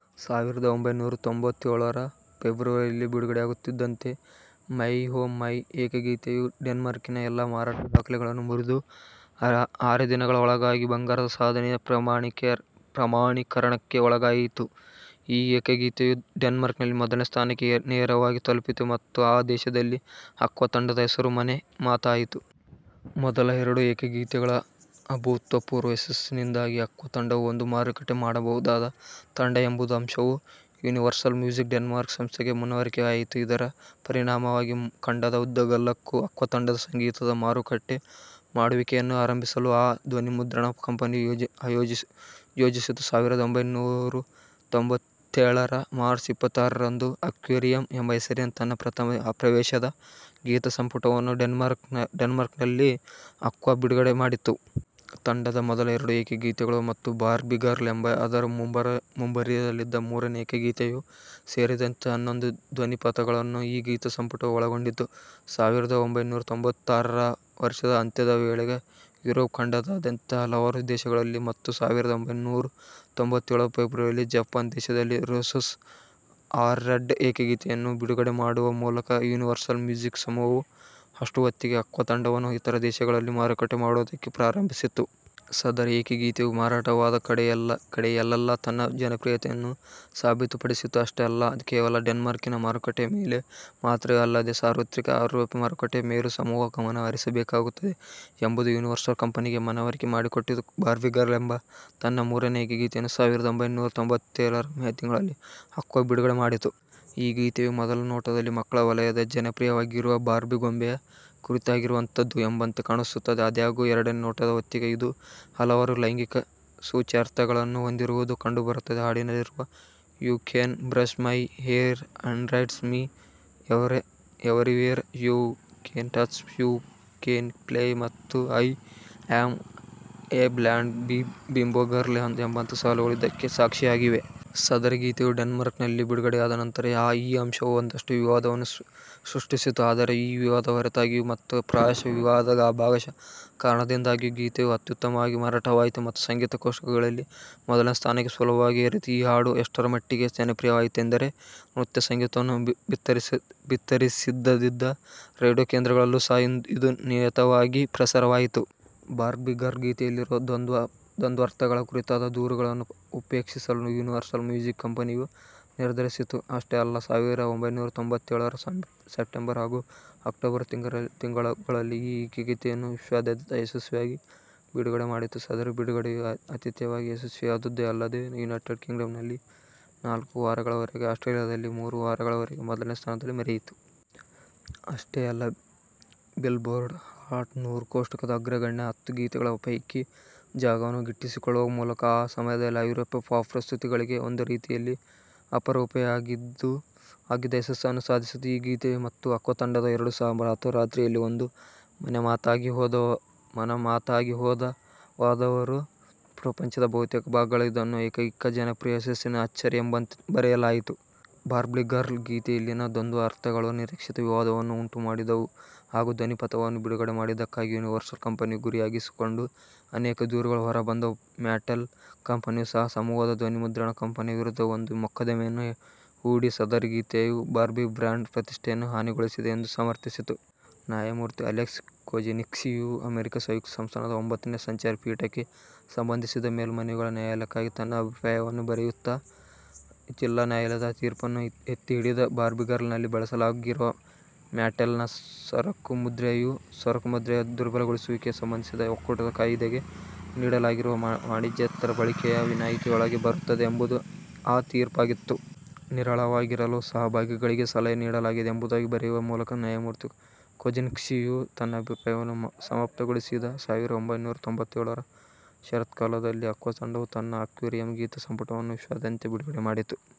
ಸಾವಿರದ ಒಂಭೈನೂರ ತ್ತೊಂಬತ್ತೇಳರ ಫೆಬ್ರುವರಿಯಲ್ಲಿ ಬಿಡುಗಡೆಯಾಗುತ್ತಿದ್ದಂತೆ "ಮೈ ಓಹ್ ಮೈ" ಏಕಗೀತೆಯು ಡೆನ್ಮಾರ್ಕಿನ ಎಲ್ಲಾ ಮಾರಾಟ ದಾಖಲೆಗಳನ್ನು ಮುರಿದು, ಆರೇ ದಿನಗಳ ಒಳಗಾಗಿ ಬಂಗಾರದ ಸಾಧನೆಯ ಪ್ರಮಾಣೀಕರಣಕ್ಕೆ ಒಳಗಾಯಿತು. ಈ ಏಕಗೀತೆಯು ಡೆನ್ಮಾರ್ಕ್ನಲ್ಲಿ ಮೊದಲನೇ ಸ್ಥಾನಕ್ಕೆ ನೇರವಾಗಿ ತಲುಪಿತು, ಮತ್ತು ಆ ದೇಶದಲ್ಲಿ ಆಕ್ವಾ ತಂಡದ ಹೆಸರು ಮನೆಮಾತಾಯಿತು. ಮೊದಲ ಎರಡು ಏಕಗೀತೆಗಳ ಅಭೂತಪೂರ್ವ ಯಶಸ್ಸಿನಿಂದಾಗಿ, ಆಕ್ವಾ ತಂಡವು ಒಂದು ಮಾರುಕಟ್ಟೆ ಮಾಡಬಹುದಾದ ತಂಡ ಎಂಬ ಅಂಶವು ಯೂನಿವರ್ಸಲ್ ಮ್ಯೂಸಿಕ್ ಡೆನ್ಮಾರ್ಕ್ ಸಂಸ್ಥೆಗೆ ಮನವರಿಕೆಯಾಯಿತು. ಇದರ ಪರಿಣಾಮವಾಗಿ ಖಂಡದ ಉದ್ದಗಲಕ್ಕೂ ಆಕ್ವಾ ತಂಡದ ಸಂಗೀತದ ಮಾರುಕಟ್ಟೆ ಮಾಡುವಿಕೆಯನ್ನು ಆರಂಭಿಸಲು ಆ ಧ್ವನಿಮುದ್ರಣ ಕಂಪನಿಯು ಯೋಜಿಸಿತು. ಸಾವಿರದ ಒಂಭೈನೂರ ತ್ತೊಂಬತ್ತೇಳರ ಮಾರ್ಚ್ ಇಪ್ಪತ್ತಾರರಂದು, ಆಕ್ವೇರಿಯಂ ಎಂಬ ಹೆಸರಿನ ತನ್ನ ಪ್ರಥಮ ಪ್ರವೇಶದ ಗೀತಸಂಪುಟವನ್ನು ಡೆನ್ಮಾರ್ಕ್ನಲ್ಲಿ ಆಕ್ವಾ ಬಿಡುಗಡೆಮಾಡಿತು. ತಂಡದ ಮೊದಲ ಎರಡು ಏಕಗೀತೆಗಳು ಮತ್ತು "ಬಾರ್ಬೀ ಗರ್ಲ್" ಎಂಬ ಅದರ ಮುಂಬರಲಿದ್ದ ಮೂರನೇ ಏಕಗೀತೆಯೂ ಸೇರಿದಂತೆ, ಹನ್ನೊಂದು ಧ್ವನಿಪಥಗಳನ್ನು ಈ ಗೀತಸಂಪುಟವು ಒಳಗೊಂಡಿತ್ತು. ಸಾವಿರದ ಒಂಭೈನೂರ ತ್ತೊಂಬತ್ತಾರರ ವರ್ಷದ ಅಂತ್ಯದ ವೇಳೆಗೆ ಯುರೋಪ್ ಖಂಡದಾದ್ಯಂತದ ಹಲವಾರು ದೇಶಗಳಲ್ಲಿ ಮತ್ತು ಸಾವಿರದ ಒಂಭೈನೂರ ತ್ತೊಂಬತ್ತೇಳರ ಫೆಬ್ರುವರಿಯಲ್ಲಿ ಜಪಾನ್ ದೇಶದಲ್ಲಿ "ರೋಸಸ್ ಆರ್ ರೆಡ್" ಏಕಗೀತೆಯನ್ನು ಬಿಡುಗಡೆ ಮಾಡುವ ಮೂಲಕ, ಯೂನಿವರ್ಸಲ್ ಮ್ಯೂಸಿಕ್ ಸಮೂಹವು ಅಷ್ಟುಹೊತ್ತಿಗೆ ಆಕ್ವಾ ತಂಡವನ್ನು ಇತರ ದೇಶಗಳಲ್ಲಿ ಮಾರುಕಟ್ಟೆ ಮಾಡುವುದಕ್ಕೆ ಪ್ರಾರಂಭಿಸಿತ್ತು. ಸದರಿ ಏಕಗೀತೆಯು ಮಾರಾಟವಾದ ಕಡೆಯಲ್ಲೆಲ್ಲಾ ತನ್ನ ಜನಪ್ರಿಯತೆಯನ್ನು ಸಾಬೀತುಪಡಿಸಿತು. ಅಷ್ಟೇ ಅಲ್ಲ, ಕೇವಲ ಡೆನ್ಮಾರ್ಕಿನ ಮಾರುಕಟ್ಟೆಯ ಮೇಲೆ ಮಾತ್ರವೇ ಅಲ್ಲದೇ, ಸಾರ್ವತ್ರಿಕ ಐರೋಪ್ಯ ಮಾರುಕಟ್ಟೆಯ ಮೇಲೂ ಸಮೂಹವು ಗಮನ ಹರಿಸಬೇಕಾಗುತ್ತದೆ ಎಂಬುದನ್ನು ಯೂನಿವರ್ಸಲ್ ಕಂಪನಿಗೆ ಮನವರಿಕೆ ಮಾಡಿಕೊಟ್ಟಿತು. "ಬಾರ್ಬೀ ಗರ್ಲ್" ಎಂಬ ತನ್ನ ಮೂರನೇ ಏಕಗೀತೆಯನ್ನು ಸಾವಿರದ ಒಂಭೈನೂರ ತ್ತೊಂಬತ್ತೇಳರ ಮೇ ತಿಂಗಳಲ್ಲಿ ಆಕ್ವಾ ಬಿಡುಗಡೆಮಾಡಿತು. ಈ ಗೀತೆಯು ಮೊದಲ ನೋಟದಲ್ಲಿ, ಮಕ್ಕಳ ವಲಯದಲ್ಲಿ ಜನಪ್ರಿಯವಾಗಿರುವ ಬಾರ್ಬೀ ಗೊಂಬೆಯ ಕುರಿತಾಗಿರುವಂಥದ್ದು ಎಂಬಂತೆ ಕಾಣಿಸುತ್ತದೆ. ಆದಾಗ್ಯೂ, ಎರಡನೇ ನೋಟದ ಹೊತ್ತಿಗೆ, ಇದು ಹಲವಾರು ಲೈಂಗಿಕ ಸೂಚ್ಯಾರ್ಥಗಳನ್ನು ಹೊಂದಿರುವುದು ಕಂಡುಬರುತ್ತದೆ; ಹಾಡಿನಲ್ಲಿರುವ "you can brush my hair, undress me everywhere," "you can touch, you can play," ಮತ್ತು "I am a blonde bimbo girl" ಎಂಬಂಥ ಸಾಲುಗಳು ಇದಕ್ಕೆ ಸಾಕ್ಷಿಯಾಗಿವೆ. ಸದರಿ ಗೀತೆಯು ಡೆನ್ಮಾರ್ಕ್ನಲ್ಲಿ ಬಿಡುಗಡೆಯಾದ ನಂತರ, ಈ ಅಂಶವು ಒಂದಷ್ಟು ವಿವಾದವನ್ನು ಸೃಷ್ಟಿಸಿತು. ಆದರೆ ಈ ವಿವಾದದ ಹೊರತಾಗಿಯೂ ಮತ್ತು ಪ್ರಾಯಶಃ ವಿವಾದದ ಭಾಗಶಃ ಕಾರಣದಿಂದಾಗಿಯೂ, ಗೀತೆಯು ಅತ್ಯುತ್ತಮವಾಗಿ ಮಾರಾಟವಾಯಿತು ಮತ್ತು ಸಂಗೀತ-ಕೋಷ್ಟಕಗಳಲ್ಲಿ ಮೊದಲನೇ ಸ್ಥಾನಕ್ಕೆ ಸುಲಭವಾಗಿ ಏರಿತು. ಈ ಹಾಡು ಎಷ್ಟರಮಟ್ಟಿಗೆ ಜನಪ್ರಿಯವಾಯಿತೆಂದರೆ, ನೃತ್ಯ ಸಂಗೀತವನ್ನು ಬಿತ್ತರಿಸದಿದ್ದ ರೇಡಿಯೋ ಕೇಂದ್ರಗಳಲ್ಲೂ ಸಹ ಇದು ನಿಯತವಾಗಿ ಪ್ರಸಾರವಾಯಿತು. "ಬಾರ್ಬೀ ಗರ್ಲ್" ಗೀತೆಯಲ್ಲಿರುವ ದ್ವಂದ್ವಾರ್ಥಗಳ ಕುರಿತಾದ ದೂರುಗಳನ್ನು ಉಪೇಕ್ಷಿಸಲು ಯೂನಿವರ್ಸಲ್ ಮ್ಯೂಸಿಕ್ ಕಂಪನಿಯು ನಿರ್ಧರಿಸಿತು. ಅಷ್ಟೇ ಅಲ್ಲ, ಸಾವಿರದ ಒಂಭೈನೂರ ತ್ತೊಂಬತ್ತೇಳರ ಸೆಪ್ಟೆಂಬರ್ ಹಾಗೂ ಅಕ್ಟೋಬರ್ ತಿಂಗಳುಗಳಲ್ಲಿ ಈ ಏಕಗೀತೆಯನ್ನು ವಿಶ್ವದಾದ್ಯಂತ ಯಶಸ್ವಿಯಾಗಿ ಬಿಡುಗಡೆಮಾಡಿತು. ಸದರಿ ಬಿಡುಗಡೆಯು ಅತೀವವಾಗಿ ಯಶಸ್ವಿಯಾದುದೇ ಅಲ್ಲದೇ, ಯುನೈಟೆಡ್ ಕಿಂಗ್ಡಂನಲ್ಲಿ ನಾಲ್ಕು ವಾರಗಳವರೆಗೆ, ಆಸ್ಟ್ರೇಲಿಯಾದಲ್ಲಿ ಮೂರು ವಾರಗಳವರೆಗೆ ಮೊದಲನೇ ಸ್ಥಾನದಲ್ಲಿ ಮೆರೆಯಿತು. ಅಷ್ಟೇ ಅಲ್ಲ, ಬಿಲ್ಬೋರ್ಡ್ ಹಾಟ್ ನೂರು ಕೋಷ್ಟಕದ ಅಗ್ರಗಣ್ಯ ಹತ್ತು ಗೀತೆಗಳ ಪೈಕಿ ಜಾಗವನ್ನು ಗಿಟ್ಟಿಸಿಕೊಳ್ಳುವ ಮೂಲಕ, ಆ ಸಮಯದಲ್ಲಿ ಐರೋಪ್ಯ ಪಾಪ್ ಪ್ರಸ್ತುತಿಗಳಿಗೆ ಒಂದುರೀತಿಯಲ್ಲಿ ಅಪರೂಪವೇ ಆಗಿದ್ದ ಯಶಸ್ಸನ್ನು ಸಾಧಿಸಿತು. ಈ ಗೀತೆ ಮತ್ತು ಆಕ್ವಾ ತಂಡ ಎರಡೂ ಸಹ ರಾತ್ರೋರಾತ್ರಿಯಲ್ಲಿ ಒಂದು ಮನೆಮಾತಾಗಿಹೋದವಾದರೂ, ಪ್ರಪಂಚದ ಬಹುತೇಕ ಭಾಗಗಳಲ್ಲಿ ಇದನ್ನು ಏಕೈಕ-ಜನಪ್ರಿಯ ಯಶಸ್ಸಿನ ಅಚ್ಚರಿ ಎಂಬಂತೆ ಬರೆಯಲಾಯಿತು. "ಬಾರ್ಬೀ ಗರ್ಲ್" ಗೀತೆಯಲ್ಲಿನ ದ್ವಂದ್ವಾರ್ಥಗಳು ನಿರೀಕ್ಷಿತ ವಿವಾದವನ್ನು ಉಂಟುಮಾಡಿದವು ಹಾಗೂ ಧ್ವನಿಪಥವನ್ನು ಬಿಡುಗಡೆ ಮಾಡಿದ್ದಕ್ಕಾಗಿ ಯೂನಿವರ್ಸಲ್ ಕಂಪನಿಯನ್ನು ಗುರಿಯಾಗಿರಿಸಿಕೊಂಡು ಅನೇಕ ದೂರುಗಳು ಹೊರಬಂದವು. ಮ್ಯಾಟೆಲ್ ಕಂಪನಿಯೂ ಸಹ ಸಮೂಹದ ಧ್ವನಿಮುದ್ರಣ ಕಂಪನಿಯ ವಿರುದ್ಧ ಒಂದು ಮೊಕದ್ದಮೆಯನ್ನು ಹೂಡಿ, ಸದರಿ ಗೀತೆಯು ಬಾರ್ಬೀ ಬ್ರಾಂಡ್ನ ಪ್ರತಿಷ್ಠೆಯನ್ನು ಹಾನಿಗೊಳಿಸಿದೆ ಎಂದು ಸಮರ್ಥಿಸಿತು. ನ್ಯಾಯಮೂರ್ತಿ ಅಲೆಕ್ಸ್ ಕೊಜಿನ್ಸ್ಕಿಯು ಅಮೆರಿಕಾ ಸಂಯುಕ್ತ ಸಂಸ್ಥಾನದ ಒಂಬತ್ತನೇ ಸಂಚಾರಿ ಪೀಠಕ್ಕೆ ಸಂಬಂಧಿಸಿದ ಮೇಲ್ಮನವಿಗಳ ನ್ಯಾಯಾಲಯಕ್ಕಾಗಿ ತನ್ನ ಅಭಿಪ್ರಾಯವನ್ನು ಬರೆಯುತ್ತಾ, ಜಿಲ್ಲಾ ನ್ಯಾಯಾಲಯದ ತೀರ್ಪನ್ನು ಎತ್ತಿಹಿಡಿದ; "ಬಾರ್ಬೀ ಗರ್ಲ್"ನಲ್ಲಿ ಬಳಸಲಾಗಿರುವ ಮ್ಯಾಟೆಲ್ನ ಸರಕುಮುದ್ರೆಯು, ಸರಕುಮುದ್ರೆಯ ದುರ್ಬಲಗೊಳಿಸುವಿಕೆಗೆ ಸಂಬಂಧಿಸಿದ ಒಕ್ಕೂಟದ ಕಾಯಿದೆಗೆ ನೀಡಲಾಗಿರುವ ವಾಣಿಜ್ಯೇತರ ಬಳಕೆಯ ವಿನಾಯಿತಿಯೊಳಗೆ ಬರುತ್ತದೆ ಎಂಬುದು ಆ ತೀರ್ಪಾಗಿತ್ತು. "ನಿರಾಳವಾಗಿರಲು ಸಹಭಾಗಿಗಳಿಗೆ ಸಲಹೆ ನೀಡಲಾಗಿದೆ" ಎಂಬುದಾಗಿ ಬರೆಯುವ ಮೂಲಕ, ನ್ಯಾಯಮೂರ್ತಿ ಕೊಜಿನ್ಸ್ಕಿಯು ತನ್ನ ಅಭಿಪ್ರಾಯವನ್ನು ಸಮಾಪ್ತಗೊಳಿಸಿದ. ಸಾವಿರದ ಒಂಭೈನೂರ ತ್ತೊಂಬತ್ತೇಳರ ಶರತ್ಕಾಲದಲ್ಲಿ, ಆಕ್ವಾ ತಂಡವು ತನ್ನ ಆಕ್ವೇರಿಯಂ ಗೀತಸಂಪುಟವನ್ನು ವಿಶ್ವದಾದ್ಯಂತ ಬಿಡುಗಡೆಮಾಡಿತು.